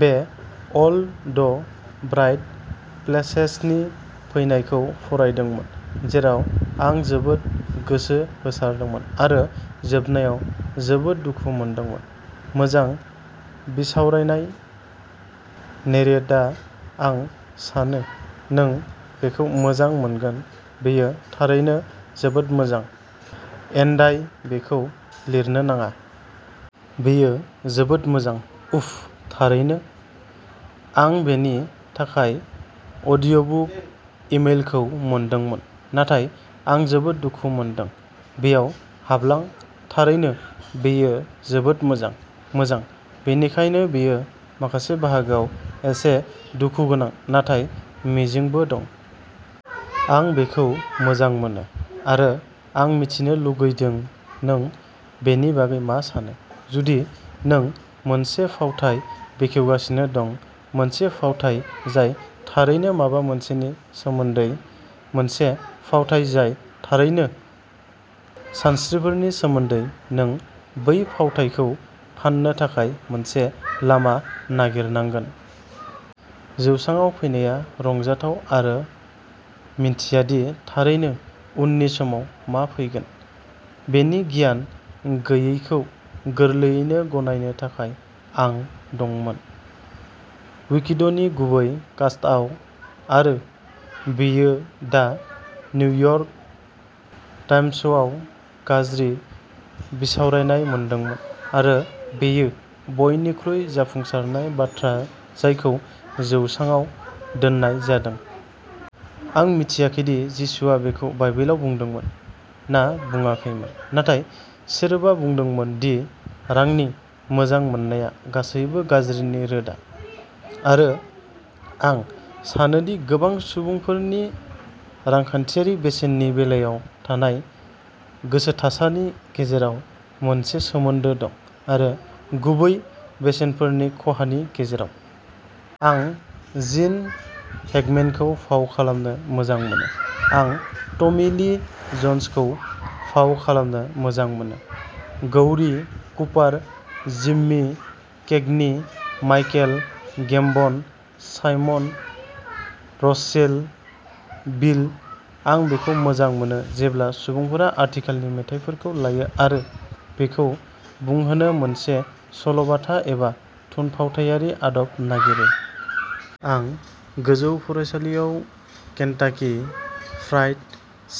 बे all the bright प्लेसेसनि फैनायखौ फरायदोंमोन, जेराव आं जोबोद गोसो होसारदोंमोन आरो जोबनायाव जोबोद दुखु मोनदोंमोन। मोजां बिसावरायनाय! नेरेयदा, आं सानो नों बेखौ मोजां मोनगोन। बेयो थारैनो जोबोद मोजां! एन्डाय, बेखौ लिरनो नाङा। बेयो जोबोद मोजां! उफ। थारैनो? आं बेनि थाखाय अडिय'बुक इमेलखौ मोनदोंमोन नाथाय आं जोबोद दुखु मोनदों!!! बेयाव हाबलां। थारैनो, बेयो जोबोद मोजां। मोजां, बेनिखायनो बेयो माखासे बाहागोआव एसे दुखु गोनां, नाथाय मिजिंबो दं। आं बेखौ मोजां मोनो। आरो आं मिथिनो लुगैदों नों बेनि बागै मा सानो!!! जुदि नों मोनसे फावथाइ बेखेवगासिनो दं, मोनसे फावथाइ जाय थारैनो माबा मोनसेनि सोमोन्दै, मोनसे फावथाइ जाय थारैनो सानस्रिफोरनि सोमोन्दै, नों बै फावथायखौ फान्नो थाखाय मोनसे लामा नागिरनांगोन। जौसाङाव फैनाया रंजाथाव आरो मिन्थियादि, थारैनो, उननि समाव मा फैगोन। बेनि गियान गैयैखौ गोरलैयैनो गनायनो थाखाय। आं दंमोन। 'विकेड'नि गुबै कास्टआव, आरो बेयो'दा निउयर्क टाइम्स'आव गाज्रि बिसावरायनाय मोनदोंमोन, आरो बेयो बयनिख्रुइ जाफुंसारनाय बाथ्रा जायखौ जौसाङाव दोननाय जादों। आं मिथिया दि जिसुआ बेखौ बाइबेलाव बुंदोंमोन ना बुंाखैमोन, नाथाय सोरबा बुंदोंमोन दि'रांनि मोजां मोननाया गासैबो गाज्रिनि रोदा', आरो आं सानो दि गोबां सुबुंफोरनि रांखान्थियारि बेसेननि बेलायाव थानाय गोसोथासानि गेजेराव मोनसे सोमोन्दो दं, आरो गुबै बेसेनफोरनि खहानि गेजेराव। आं जिन हेकमेनखौ फाव खालामनो मोजां मोनो; आं टमी ली जन्सखौ फाव खालामनो मोजां मोनो। Gary. Cooper. Jimmy Cagney. Michael Gambon. Simon Russell Beale. आं बेखौ मोजां मोनो जेब्ला सुबुंफोरा आथिखालनि मेथाइफोरखौ लायो आरो बेखौ बुंहोनो मोनसे सल'बाथा एबा थुनफावथायारि आदब नागिरो। आं गोजौ फरायसालियाव केन्टाकि फ्राइड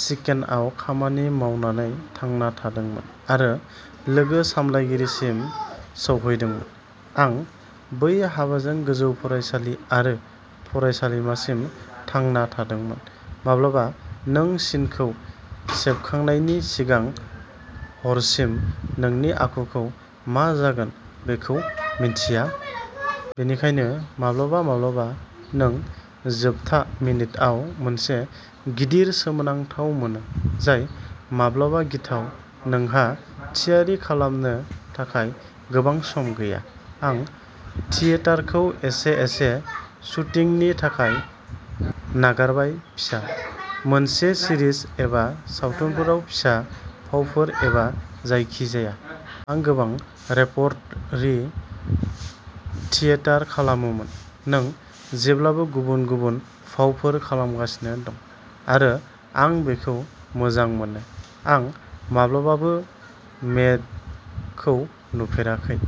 चिकेनआव खामानि मावनानै थांना थादोंमोन आरो लोगो सामलायगिरिसिम सौहैदोंमोन। आं बै हाबाजों गोजौ फरायसालि आरो फरायसालिमासिम थांना थादोंमोन। माब्लाबा, नों सिनखौ सेबखांनायनि सिगांनि हरसिम नोंनि आखुखौ मा जागोन बेखौ मिन्थिया। बेनिखायनो, माब्लाबा माब्लाबा, नों जोबथा मिनिटआव मोनसे गिदिर सोमोनांथाव मोनो, जाय माब्लाबा गिथाव। नोंहा थियारि खालामनो थाखाय गोबां सम गैया। आं थियेटारखौ एसे-एसे शूटिंनि थाखाय नागारबाय-फिसा मोनसे सिरिज एबा सावथुनफोराव फिसा फावफोर एबा जायखिजाया। आं गोबां रेपर्टरि थियेटार खालामोमोन। नों जेब्लाबो गुबुन-गुबुन फावफोर खालामगासिनो दं, आरो आं बेखौ मोजां मोनो। आं माब्लाबाबो'मेड'खौ नुफेराखै।